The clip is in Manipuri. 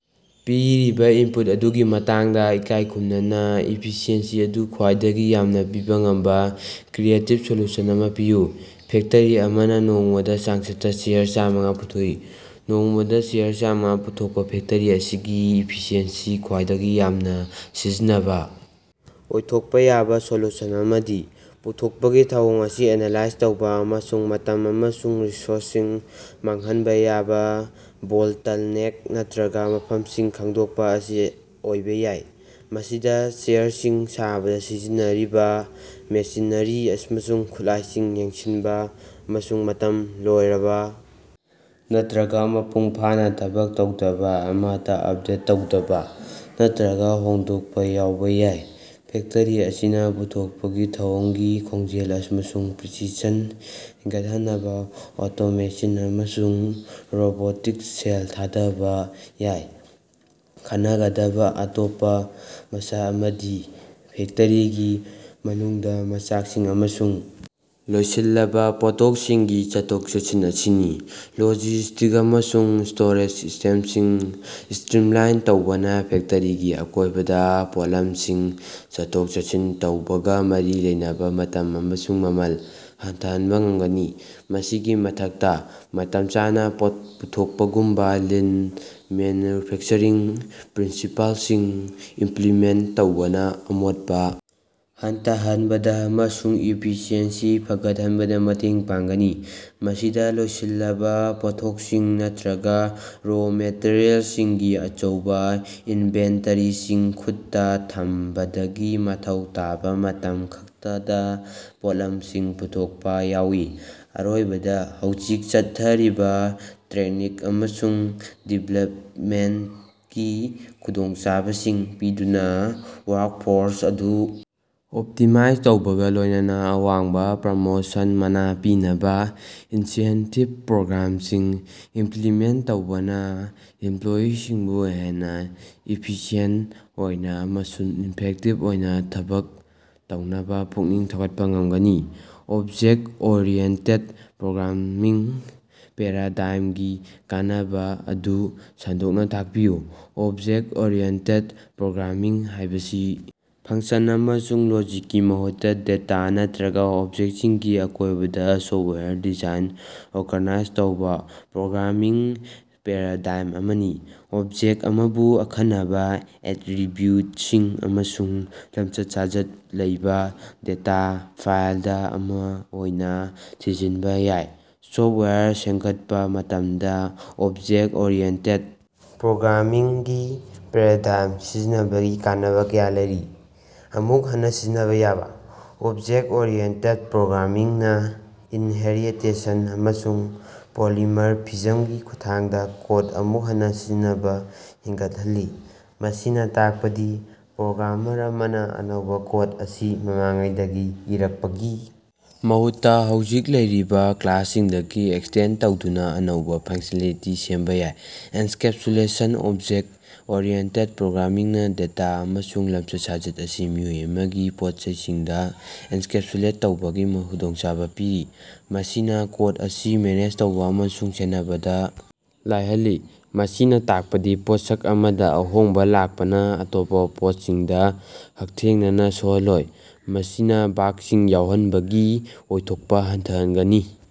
ꯄꯤꯔꯤꯕ ꯏꯟꯄꯨꯠ ꯑꯗꯨꯒꯤ ꯃꯇꯥꯡꯗ ꯏꯀꯥꯏ ꯈꯨꯝꯅꯅ, ꯏꯐꯤꯁꯤꯑꯦꯟꯁꯤ ꯑꯗꯨ ꯈ꯭ꯋꯥꯏꯗꯒꯤ ꯌꯥꯝꯅ ꯄꯤꯕ ꯉꯝꯕ ꯀ꯭ꯔꯤꯌꯦꯇꯤꯚ ꯁꯣꯂꯨꯁꯟ ꯑꯃ ꯄꯤꯌꯨ꯫ ꯐꯦꯛꯇꯔꯤ ꯑꯃꯅ ꯅꯣꯡꯃꯗ ꯆꯥꯡꯆꯠꯇ ꯆꯦꯌꯔ ꯆꯥꯃꯉꯥ ꯄꯨꯊꯣꯛꯏ꯫ ꯅꯣꯡꯃꯗ ꯆꯦꯌꯔ ꯆꯥꯃꯉꯥ ꯄꯨꯊꯣꯛꯄ ꯐꯦꯛꯇꯔꯤ ꯑꯁꯤꯒꯤ ꯏꯐꯤꯁꯤꯑꯦꯟꯁꯤ ꯈ꯭ꯋꯥꯏꯗꯒꯤ ꯌꯥꯝꯅ ꯁꯤꯖꯤꯟꯅꯕ ꯑꯣꯏꯊꯣꯛꯄ ꯌꯥꯕ ꯁꯣꯂꯨꯁꯟ ꯑꯃꯗꯤ ꯄꯨꯊꯣꯛꯄꯒꯤ ꯊꯧꯑꯣꯡ ꯑꯁꯤ ꯑꯦꯅꯂꯥꯏꯖ ꯇꯧꯕ ꯑꯃꯁꯨꯡ ꯃꯇꯝ ꯑꯃꯁꯨꯡ ꯔꯤꯁꯣꯔꯁꯁꯤꯡ ꯃꯥꯡꯍꯟꯕ ꯌꯥꯕ ꯕꯣꯇꯜꯅꯦꯛ ꯅꯠꯇ꯭ꯔꯒ ꯃꯐꯝꯁꯤꯡ ꯈꯪꯗꯣꯛꯄ ꯑꯁꯤ ꯑꯣꯏꯕ ꯌꯥꯏ꯫ ꯃꯁꯤꯗ ꯆꯦꯌꯔꯁꯤꯡ ꯁꯥꯕꯗ ꯁꯤꯖꯤꯟꯅꯔꯤꯕ ꯃꯦꯁꯤꯅꯔꯤ ꯑꯃꯁꯨꯡ ꯈꯨꯠꯂꯥꯏꯁꯤꯡ ꯌꯦꯡꯁꯤꯟꯕ ꯑꯃꯁꯨꯡ ꯃꯇꯝ ꯂꯣꯏꯔꯕ ꯅꯠꯇ꯭ꯔꯒ ꯃꯄꯨꯡ ꯐꯥꯅ ꯊꯕꯛ ꯇꯧꯗꯕ ꯑꯃꯠꯇ ꯑꯞꯗꯦꯠ ꯇꯧꯗꯕ ꯅꯠꯇ꯭ꯔꯒ ꯍꯣꯡꯗꯣꯛꯄ ꯌꯥꯎꯕ ꯌꯥꯏ꯫ ꯐꯦꯛꯇꯔꯤ ꯑꯁꯤꯅ ꯄꯨꯊꯣꯛꯄꯒꯤ ꯊꯧꯑꯣꯡꯒꯤ ꯈꯣꯡꯖꯦꯜ ꯑꯃꯁꯨꯡ ꯄ꯭ꯔꯤꯁꯤꯁꯟ ꯍꯦꯟꯒꯠꯍꯟꯅꯕ ꯑꯣꯇꯣꯃꯦꯁꯤꯟ ꯑꯃꯁꯨꯡ ꯔꯣꯕꯣꯇꯤꯛꯁ ꯁꯦꯜ ꯊꯥꯗꯕ ꯌꯥꯏ꯫ ꯈꯟꯅꯒꯗꯕꯥꯑꯇꯣꯞꯄ ꯃꯁꯛ ꯑꯃꯗꯤ ꯐꯦꯛꯇꯔꯤꯒꯤ ꯃꯅꯨꯡꯗ ꯃꯆꯥꯛꯁꯤꯡ ꯑꯃꯁꯨꯡ ꯂꯣꯏꯁꯤꯜꯂꯕ ꯄꯣꯠꯊꯣꯛꯁꯤꯡꯒꯤ ꯆꯠꯊꯣꯛ-ꯆꯠꯁꯤꯟ ꯑꯁꯤꯅꯤ꯫ ꯂꯣꯖꯤꯁ꯭ꯇꯤꯛꯁ ꯑꯃꯁꯨꯡ ꯁ꯭ꯇꯣꯔꯦꯖ ꯁꯤꯁꯇꯦꯝꯁꯤꯡ ꯁꯇ꯭ꯔꯤꯝꯂꯥꯏꯟ ꯇꯧꯕꯅ ꯐꯦꯛꯇꯔꯤꯒꯤ ꯑꯀꯣꯏꯕꯗ ꯄꯣꯠꯂꯝꯁꯤꯡ ꯆꯠꯊꯣꯛ-ꯆꯠꯁꯤꯟ ꯇꯧꯕꯒꯥ ꯃꯔꯤ ꯂꯩꯅꯕ ꯃꯇꯝ ꯑꯃꯁꯨꯡ ꯃꯃꯜ ꯍꯟꯊꯍꯟꯕ ꯉꯝꯒꯅꯤ꯫ ꯃꯁꯤꯒꯤ ꯃꯊꯛꯇ, ꯃꯇꯝ ꯆꯥꯅ ꯄ‌ꯣꯠ ꯄꯨꯊꯣꯛꯄꯒꯨꯝꯕ ꯂꯤꯟ ꯃꯦꯅ꯭ꯌꯨꯐꯦꯛꯆꯔꯤꯡ ꯄ꯭ꯔꯤꯟꯁꯤꯄꯥꯜꯁꯤꯡ ꯏꯝꯄ꯭ꯂꯤꯃꯦꯟꯇ ꯇꯧꯕꯅ ꯑꯃꯣꯠꯄ ꯍꯟꯊꯍꯟꯕꯗ ꯑꯃꯁꯨꯡ ꯏꯐꯤꯁꯤꯑꯦꯟꯁꯤ ꯐꯒꯠꯍꯟꯕꯗ ꯃꯇꯦꯡ ꯄꯥꯡꯒꯅꯤ꯫ ꯃꯁꯤꯗ ꯂꯣꯏꯁꯤꯜꯂꯕ ꯄꯣꯠꯊꯣꯛꯁꯤꯡ ꯅꯠꯇ꯭ꯔꯒ ꯔꯣ ꯃꯦꯇꯔꯤꯌꯦꯜꯁꯤꯡꯒꯤ ꯑꯆꯧꯕ ꯏꯟꯚꯦꯟꯇꯔꯤꯁꯤꯡ ꯈꯨꯠꯇ ꯊꯝꯕꯗꯒꯤ ꯃꯊꯧ ꯇꯥꯕ ꯃꯇꯝ ꯈꯛꯇꯗ ꯄꯣꯠꯂꯝꯁꯤꯡ ꯄꯨꯊꯣꯛꯄ ꯌꯥꯎꯏ꯫ ꯑꯔꯣꯏꯕꯗ, ꯍꯧꯖꯤꯛ ꯆꯠꯊꯔꯤꯕ ꯇ꯭ꯔꯦꯅꯤꯡ ꯑꯃꯁꯨꯡ ꯗꯤꯚꯦꯂꯞꯃꯦꯟꯇꯀꯤ ꯈꯨꯗꯣꯡꯆꯥꯕꯁꯤꯡ ꯄꯤꯗꯨꯅ ꯋ꯭ꯥꯔ꯭ꯛꯐꯣꯔꯁ ꯑꯗꯨ ꯑꯣꯞꯇꯤꯃꯥꯏꯖ ꯇꯧꯕꯒ ꯂꯣꯏꯅꯅ, ꯑꯋꯥꯡꯕ ꯄ꯭ꯔꯃ‌ꯣꯁꯟ ꯃꯅꯥ ꯄꯤꯅꯕ ꯏꯟꯁꯦꯟꯇꯤꯚ ꯄ꯭ꯔꯣꯒ꯭ꯔꯥꯝꯁꯤꯡ ꯏꯝꯄ꯭ꯂꯤꯃꯦꯟꯇ ꯇꯧꯕꯅ ꯏꯝꯄ꯭ꯂꯣꯌꯤꯁꯤꯡꯕꯨ ꯍꯦꯟꯅ ꯏꯐꯤꯁꯤꯑꯦꯟꯇ ꯑꯣꯏꯅ ꯑꯃꯁꯨꯡ ꯏꯐꯦꯛꯇꯤꯚ ꯑꯣꯏꯅ ꯊꯕꯛ ꯇꯧꯅꯕ ꯄꯨꯛꯅꯤꯡ ꯊꯧꯒꯠꯄ ꯉꯃꯒꯅꯤ꯫ ꯑꯣꯕꯖꯦꯛꯇ-ꯑꯣꯔꯤꯑꯦꯟꯇꯦꯗ ꯄ꯭ꯔꯣꯒ꯭ꯔꯥꯃꯤꯡ ꯄꯦꯔꯥꯗꯥꯏꯝꯒꯤ ꯀꯥꯟꯅꯕ ꯑꯗꯨ ꯁꯟꯗꯣꯛꯅ ꯇꯥꯛꯄꯤꯌꯨ꯫ ꯑꯣꯕꯖꯦꯛ-ꯑꯣꯔꯤꯑꯦꯟꯇꯦꯗ ꯄ꯭ꯔꯣꯒ꯭ꯔꯥꯃꯤꯡ ꯍꯥꯢꯕꯁꯤ ꯐꯪꯁꯟ ꯑꯃꯁꯨꯡ ꯂꯣꯖꯤꯛꯀꯤ ꯃꯍꯨꯠꯇ ꯗꯦꯇꯥ, ꯅꯠꯇ꯭ꯔꯒ ꯑꯣꯕꯖꯦꯛꯁꯤꯡꯒꯤ ꯑꯀꯣꯏꯕꯗ ꯁꯣꯐꯋꯥꯌꯔ ꯗꯤꯖꯥꯏꯟ ꯑꯣꯔꯒꯥꯅꯥꯏꯖ ꯇꯧꯕ ꯄ꯭ꯔꯣꯒ꯭ꯔꯥꯃꯤꯡ ꯄꯦꯔꯥꯗꯥꯏꯝ ꯑꯃꯅꯤ꯫ ꯑꯣꯕꯖꯦꯛ ꯑꯃꯕꯨ ꯑꯈꯟꯅꯕ ꯑꯦꯠꯔꯤꯕꯤꯎꯇꯁꯤꯡ ꯑꯃꯁꯨꯡ ꯂꯝꯆꯠ-ꯁꯥꯖꯠ ꯂꯩꯕ ꯗꯦꯇꯥ ꯐꯥꯜꯗ ꯑꯃ ꯑꯣꯏꯅ ꯊꯤꯖꯤꯟꯕ ꯌꯥꯏ꯫ ꯁꯣꯐꯋꯥꯌꯔ ꯁꯦꯞꯒꯠꯄ ꯃꯇꯝꯗ ꯑꯣꯕꯖꯦꯛ ꯑꯣꯔꯤꯌꯦꯟꯇꯦꯠ ꯄ꯭ꯔꯣꯒ꯭ꯔꯥꯃꯤꯡ ꯒꯤ ꯄꯦꯔꯥꯗꯥꯏꯝ ꯁꯤꯖꯤꯟꯅꯕꯒꯤ ꯀꯥꯟꯅꯕ ꯀꯌꯥ ꯂꯩ: ꯑꯃꯨꯛ ꯍꯟꯅ ꯁꯤꯖꯤꯟꯅꯕ ꯌꯥꯕ: ꯑꯣꯕꯖꯦꯛ ꯑꯣꯔꯤꯌꯦꯟꯇꯦꯠ ꯄ꯭ꯔꯣꯒ꯭ꯔꯥꯃꯤꯡ ꯅ ꯏꯟꯍꯦꯔꯤꯇꯦꯁꯟ ꯑꯃꯁꯨꯡ ꯄꯣꯂꯤꯃꯔꯐꯤꯖꯝꯒꯤ ꯈꯨꯠꯊꯥꯡꯗ ꯀꯣꯗ ꯑꯃꯨꯛ ꯍꯟꯅ ꯁꯤꯖꯤꯟꯅꯕ ꯍꯦꯟꯒꯠꯍꯜꯂꯤ꯫ ꯃꯁꯤꯅ ꯇꯥꯛꯄꯗꯤ ꯄ꯭ꯔꯣꯒ꯭ꯔꯥꯃꯔ ꯑꯃꯅ ꯑꯅꯧꯕ ꯀꯣꯗ ꯑꯁꯤ ꯃꯃꯥꯡꯉꯩꯗꯒꯤ ꯏꯔꯛꯄꯒꯤ ꯃꯍꯨꯠꯇ, ꯍꯧꯖꯤꯛ ꯂꯩꯔꯤꯕ ꯀ꯭ꯂꯥꯁꯁꯤꯡꯗꯒꯤ ꯑꯦꯛꯁꯇꯦꯟꯗ ꯇꯧꯗꯨꯅ ꯑꯅꯧꯕ ꯐꯪꯁꯅꯦꯂꯤꯇꯤ ꯁꯦꯝꯕ ꯌꯥꯏ꯫ ꯑꯦꯟꯀꯦꯞꯁꯨꯂꯦꯁꯟ: ꯑꯣꯕꯖꯦꯛ ꯑꯣꯔꯤꯌꯦꯟꯇꯦꯠ ꯄ꯭ꯔꯣꯒ꯭ꯔꯥꯃꯤꯡ ꯅ ꯗꯦꯇꯥ ꯑꯃꯁꯨꯡ ꯂꯝꯆꯠ-ꯁꯥꯖꯠ ꯑꯁꯤ ꯃꯤꯑꯣꯏ ꯑꯃꯒꯤ ꯄꯣꯠꯆꯩꯁꯤꯡꯗ ꯑꯦꯟꯀꯦꯞꯁꯨꯂꯦꯠ ꯇꯧꯕꯒꯤ ꯈꯨꯗꯣꯡꯆꯥꯕ ꯄꯤꯔꯤ, ꯃꯁꯤꯅ ꯀꯣꯗ ꯑꯁꯤ ꯃꯦꯅꯦꯖ ꯇꯧꯕ ꯑꯃꯁꯨꯡ ꯁꯦꯟꯅꯕꯗ ꯂꯥꯏꯍꯜꯂꯤ꯫ ꯃꯁꯤꯅ ꯇꯥꯛꯄꯗꯤ ꯄꯣꯠꯁꯛ ꯑꯃꯗ ꯑꯍꯣꯡꯕ ꯂꯥꯛꯄꯅ ꯑꯇꯣꯞꯄ ꯄꯣꯠꯁꯤꯡꯗ ꯍꯛꯊꯦꯡꯅꯅ ꯁꯣꯛꯍꯜꯂꯣꯏ, ꯃꯁꯤꯅ ꯕꯥꯒꯁꯤꯡ ꯌꯥꯎꯍꯟꯕꯒꯤ ꯑꯣꯏꯊꯣꯛꯄ ꯍꯟꯊꯍꯟꯒꯅꯤ꯫